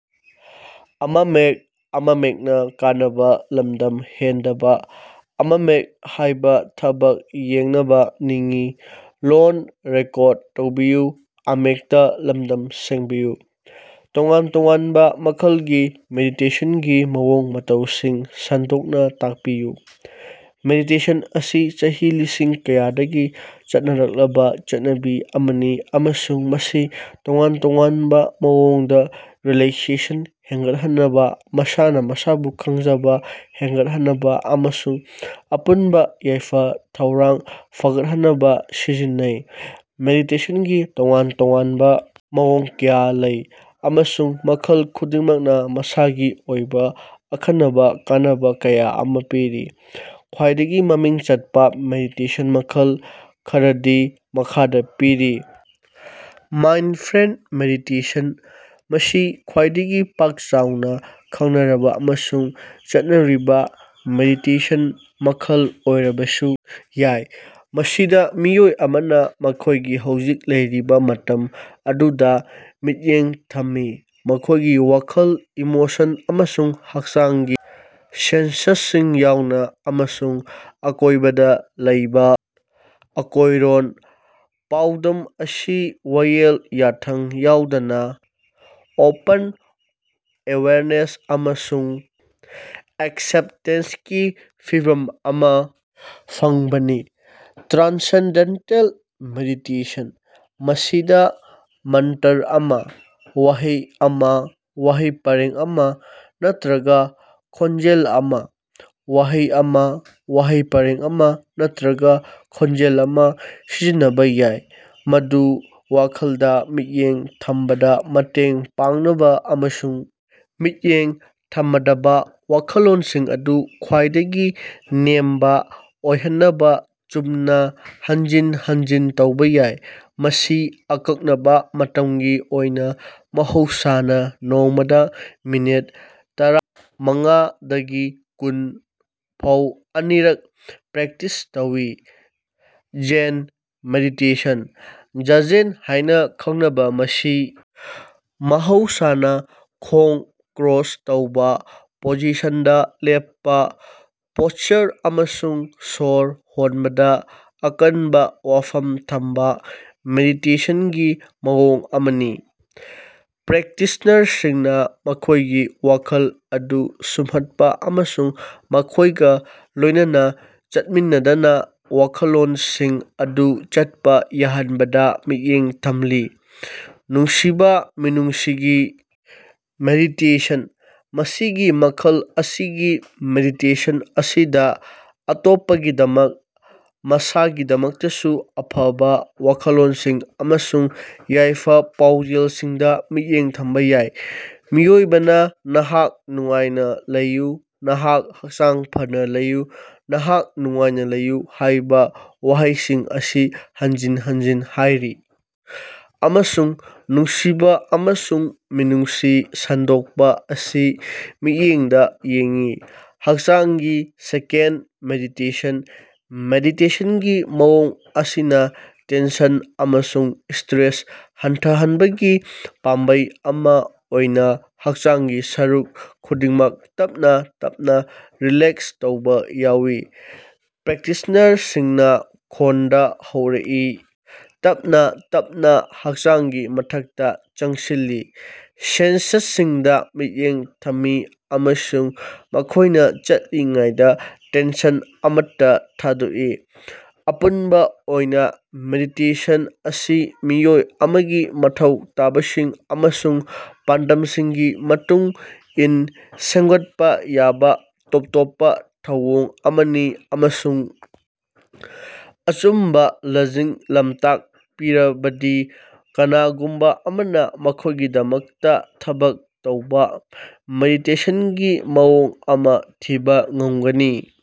ꯇꯣꯉꯥꯟ-ꯇꯣꯉꯥꯟꯕ ꯃꯈꯜꯒꯤ ꯃꯦꯗꯤꯇꯦꯁꯟꯒꯤ ꯃꯑꯣꯡ-ꯃꯇꯧꯁꯤꯡ ꯁꯟꯗꯣꯛꯅ‌ ꯇꯥꯛꯄꯤꯌꯨ꯫ ꯃꯦꯗꯤꯇꯦꯁꯟ ꯑꯁꯤ ꯆꯍꯤ ꯂꯤꯁꯤꯡ ꯀꯌꯥꯗꯒꯤ ꯆꯠꯅꯔꯛꯂꯕ‌ ꯆꯠꯅꯕꯤ ꯑꯃꯅꯤ ꯑꯃꯁꯨꯡ ꯃꯁꯤ ꯇꯣꯉꯥꯟ ꯇꯣꯉꯥꯟꯕ ꯃꯑꯣꯡꯗ ꯔꯤꯂꯦꯛꯁꯦꯁꯟ ꯍꯦꯟꯒꯠꯍꯟꯅꯕ, ꯃꯁꯥꯅ ꯃꯁꯥꯕꯨ ꯈꯪꯖꯕ ꯍꯦꯟꯒꯠꯍꯟꯅꯕ ꯑꯃꯁꯨꯡ ꯑꯄꯨꯟꯕ ꯌꯥꯏꯐ-ꯊꯧꯔꯥꯡ ꯐꯒꯠꯍꯟꯅꯕ ꯁꯤꯖꯤꯟꯅꯩ꯫ ꯃꯦꯗꯤꯇꯦꯁꯟꯒꯤ ꯇꯣꯉꯥꯟ ꯇꯣꯉꯥꯟꯕ ꯃꯑꯣꯡ ꯀꯌꯥ ꯂꯩ, ꯑꯃꯁꯨꯡ ꯃꯈꯜ ꯈꯨꯗꯤꯡꯃꯛꯅ ꯃꯁꯥꯒꯤ ꯑꯣꯏꯕ ꯑꯈꯟꯅꯕ ꯀꯥꯟꯅꯕ ꯀꯌꯥ ꯑꯃ ꯄꯤꯔꯤ꯫ ꯈ꯭ꯋꯥꯏꯗꯒꯤ ꯃꯃꯤꯡ ꯆꯠꯄ ꯃꯦꯗꯤꯇꯦꯁꯟ ꯃꯈꯜ ꯈꯔꯗꯤ ꯃꯈꯥꯗ ꯄꯤꯔꯤ ꯃꯥꯏꯟꯗꯐ꯭ꯔꯦꯟꯗ ꯃꯦꯗꯤꯇꯦꯁꯟ - ꯃꯁꯤ ꯈ꯭ꯋꯥꯏꯗꯒꯤ ꯄꯥꯛ-ꯆꯥꯎꯅ ꯈꯪꯅꯔꯕ ꯑꯃꯁꯨꯡ ꯆꯠꯅꯔꯤꯕ ꯃꯦꯗꯤꯇꯦꯁꯟ ꯃꯈꯜ ꯑꯣꯏꯔꯕꯁꯨ ꯌꯥꯏ, ꯃꯁꯤꯗ ꯃꯤꯑꯣꯏ ꯑꯃꯅ ꯃꯈꯣꯏꯒꯤ ꯍꯧꯖꯤꯛ ꯂꯩꯔꯤꯕ ꯃꯇꯝ ꯑꯗꯨꯗ ꯃꯤꯠꯌꯦꯡ ꯊꯝꯃꯤ, ꯃꯈꯣꯏꯒꯤ ꯋꯥꯈꯜ, ꯏꯃꯣꯁꯟ ꯑꯃꯁꯨꯡ ꯍꯀꯆꯥꯡꯒꯤ ꯁꯦꯟꯁ꯭ꯁꯁꯤꯡ ꯌꯥꯎꯅ, ꯑꯃꯁꯨꯡ ꯑꯀꯣꯏꯕꯗ ꯂꯩꯕ ꯑꯀꯣꯏꯔꯣꯟ꯫ ꯄꯥꯎꯗꯝ ꯑꯁꯤ ꯋꯥꯌꯦꯜ ꯌꯥꯊꯪ ꯌꯥꯎꯗꯅ ꯑꯣꯄꯟ ꯑꯦꯋꯦꯌꯔꯅꯦꯁ ꯑꯃꯁꯨꯡ ꯑꯦꯛꯁꯦꯞꯇꯦꯟꯁꯀꯤ ꯐꯤꯚꯝ ꯑꯃ ꯐꯪꯕꯅꯤ꯫ ꯇ꯭ꯔꯥꯟꯁꯦꯟꯗꯦꯟꯇꯜ ꯃꯦꯗꯤꯇꯦꯁꯟ - ꯃꯁꯤꯗ ꯃꯟꯇꯔ ꯑꯃ – ꯋꯥꯍꯩ ꯑꯃ, ꯋꯥꯍꯩ ꯄꯔꯦꯡ ꯑꯃ ꯅꯠꯇꯔꯒ ꯈꯣꯟꯖꯦꯜ ꯑꯃ -ꯋꯥꯍꯩ ꯑꯃ, ꯋꯥꯍꯩ ꯄꯥꯔꯦꯡ ꯑꯃ ꯅꯠꯇꯔꯒ ꯈꯣꯟꯖꯦꯜ ꯑꯃ ꯁꯤꯖꯤꯟꯅꯕ ꯌꯥꯏ, ꯃꯗꯨ ꯋꯥꯈꯜꯗ ꯃꯤꯠꯌꯦꯡ ꯊꯝꯕꯗ ꯃꯇꯦꯡ ꯄꯥꯡꯅꯕ ꯑꯃꯁꯨꯡ ꯃꯤꯠꯌꯦꯡ ꯊꯃꯗꯕ ꯋꯥꯈꯜꯂꯣꯟꯁꯤꯡ ꯑꯗꯨ ꯈ꯭ꯋꯥꯏꯗꯒꯤ ꯅꯦꯝꯕ‌ ꯑꯣꯏꯍꯟꯅꯕ ꯆꯨꯝꯅ ꯍꯟꯖꯤꯟ ꯍꯟꯖꯤꯟ ꯇꯧꯕ ꯌꯥꯏ꯫ ꯃꯁꯤ ꯑꯀꯛꯅꯕ ꯃꯇꯝꯒꯤ ꯑꯣꯏꯅ, ꯃꯍꯧꯁꯥꯅ ꯅꯣꯡꯃꯗ ꯃꯤꯅꯠ ꯇꯔꯥꯃꯪꯉꯥ ꯗꯒꯤ ꯀꯨꯟ ꯐꯥꯎ ꯑꯅꯤꯔꯛ ꯄ꯭ꯔꯦꯛꯇꯤꯁ ꯇꯧꯏ꯫ ꯖꯦꯟ ꯃꯦꯗꯤꯇꯦꯁꯟ - ꯖꯥꯖꯦꯟ ꯍꯥꯏꯅ ꯈꯪꯅꯕ ꯃꯁꯤ ꯃꯍꯧꯁꯥꯅ ꯈꯣꯡ ꯀ꯭ꯔꯣꯁ ꯇꯧꯕ ꯄꯣꯖꯤꯁꯟꯗ ꯂꯦꯞꯄ, ꯄꯣꯁꯆꯔ ꯑꯃꯁꯨꯡ ꯁꯣꯔ ꯍꯣꯟꯕꯗ ꯑꯀꯟꯕ ꯋꯥꯐꯝ ꯊꯝꯕ ꯃꯦꯗꯤꯇꯦꯁꯟꯒꯤ ꯃꯑꯣꯡ ꯑꯃꯅꯤ꯫ ꯄ꯭ꯔꯦꯛꯇꯤꯁꯅꯔꯁꯤꯡꯅ ꯃꯈꯣꯏꯒꯤ ꯋꯥꯈꯜ ꯑꯗꯨ ꯁꯨꯝꯍꯠꯄ ꯑꯃꯁꯨꯡ ꯃꯈꯣꯏꯒ ꯂꯣꯏꯅꯅ ꯆꯠꯃꯤꯟꯅꯗꯅ ꯋꯥꯈꯜꯂꯣꯟꯁꯤꯡ ꯑꯗꯨ ꯆꯠꯄ ꯌꯥꯍꯟꯕꯗ ꯃꯤꯠꯌꯦꯡ ꯊꯝꯂꯤ꯫ ꯅꯨꯡꯁꯤꯕ ꯃꯤꯅꯨꯡꯁꯤꯒꯤ ꯃꯦꯗꯤꯇꯦꯁꯟ - ꯃꯁꯤꯒꯤ ꯃꯈꯜ ꯑꯁꯤꯒꯤ ꯃꯦꯗꯤꯇꯦꯁꯟ ꯑꯁꯤꯗ ꯑꯇꯣꯞꯄꯒꯤꯗꯃꯛ, ꯃꯁꯥꯒꯤꯗꯃꯛꯇꯁꯨ ꯑꯐꯕ ꯋꯥꯈꯜꯂꯣꯟꯁꯤꯡ ꯑꯃꯁꯨꯡ ꯌꯥꯏꯐ-ꯄꯥꯎꯖꯦꯜꯁꯤꯡꯗ ꯃꯤꯠꯌꯦꯡ ꯊꯝꯕ ꯌꯥꯏ꯫ ꯃꯤꯑꯣꯏꯕꯅ ꯅꯍꯥꯛ ꯅꯨꯡꯉꯥꯏꯅ ꯂꯩꯌꯨ, ꯅꯍꯥꯛ ꯍꯛꯆꯥꯡ ꯐꯅ ꯂꯩꯌꯨ, ꯅꯍꯥꯛ ꯅꯨꯡꯉꯥꯏꯅ ꯂꯩꯌꯨ‌ ꯍꯥꯏꯕ ꯋꯥꯍꯩꯁꯤꯡ ꯑꯁꯤ ꯍꯟꯖꯤꯟ ꯍꯟꯖꯤꯟ ꯍꯥꯏꯔꯤ ꯑꯃꯁꯨꯡ ꯅꯨꯡꯁꯤꯕ ꯑꯃꯁꯨꯡ ꯃꯤꯅꯨꯡꯁꯤ ꯁꯟꯗꯣꯛꯄ ꯑꯁꯤ ꯃꯤꯠꯌꯦꯡꯗ ꯌꯦꯡꯏ꯫ ꯍꯛꯆꯥꯡꯒꯤ ꯁ꯭ꯀꯦꯟ ꯃꯦꯗꯤꯇꯦꯁꯟ - ꯃꯦꯗꯤꯇꯦꯁꯟꯒꯤ ꯃꯑꯣꯡ ꯑꯁꯤꯅ ꯇꯦꯟꯁꯟ ꯑꯃꯁꯨꯡ ꯁ꯭ꯇꯔꯦꯁ ꯍꯟꯊꯍꯟꯕꯒꯤ ꯄꯥꯝꯕꯩ ꯑꯃ ꯑꯣꯏꯅ ꯍꯛꯆꯥꯡꯒꯤ ꯁꯔꯨꯛ ꯈꯨꯗꯤꯡꯃꯛ ꯇꯞꯅ ꯇꯞꯅ ꯔꯤꯂꯦꯛꯁ ꯇꯧꯕ ꯌꯥꯎꯏ꯫ ꯄ꯭ꯔꯦꯛꯇꯤꯁꯅꯔꯁꯤꯡꯅ ꯈꯣꯡꯗ ꯍꯧꯔꯛꯏ, ꯇꯞꯅ ꯇꯞꯅ ꯍꯛꯆꯥꯡꯒꯤ ꯃꯊꯛꯇ ꯆꯪꯁꯤꯜꯂꯤ, ꯁꯦꯟꯁ꯭ꯁꯁꯤꯡꯗ ꯃꯤꯠꯌꯦꯡ ꯊꯝꯃꯤ ꯑꯃꯁꯨꯡ ꯃꯈꯣꯏꯅ ꯆꯠꯂꯤꯉꯩꯗ ꯇꯦꯟꯁꯟ ꯑꯃꯠꯇ ꯊꯥꯗꯣꯛꯏ꯫ ꯑꯄꯨꯟꯕ ꯑꯣꯏꯅ, ꯃꯦꯗꯤꯇꯦꯁꯟ ꯑꯁꯤ ꯃꯤꯑꯣꯏ ꯑꯃꯒꯤ ꯃꯊꯧ ꯇꯥꯕꯁꯤꯡ ꯑꯃꯁꯨꯡ ꯄꯥꯟꯗꯝꯁꯤꯡꯒꯤ ꯃꯇꯨꯡ ꯏꯟ ꯁꯦꯝꯒꯠꯄ‌ ꯌꯥꯕ ꯇꯣꯞ ꯇꯣꯞꯄ ꯊꯧꯑꯣꯡ ꯑꯃꯅꯤ ꯑꯃꯁꯨꯡ ꯑꯆꯨꯝꯕ ꯂꯖꯤꯡ-ꯂꯝꯇꯥꯛ ꯄꯤꯔꯕꯗꯤ ꯀꯅꯥꯒꯨꯝꯕ ꯑꯃꯅ ꯃꯈꯣꯏꯒꯤꯗꯃꯛꯇ ꯊꯕꯛ ꯇꯧꯕ ꯃꯦꯗꯤꯇꯦꯁꯟꯒꯤ ꯃꯑꯣꯡ ꯑꯃ ꯊꯤꯕ ꯉꯝꯒꯅꯤ꯫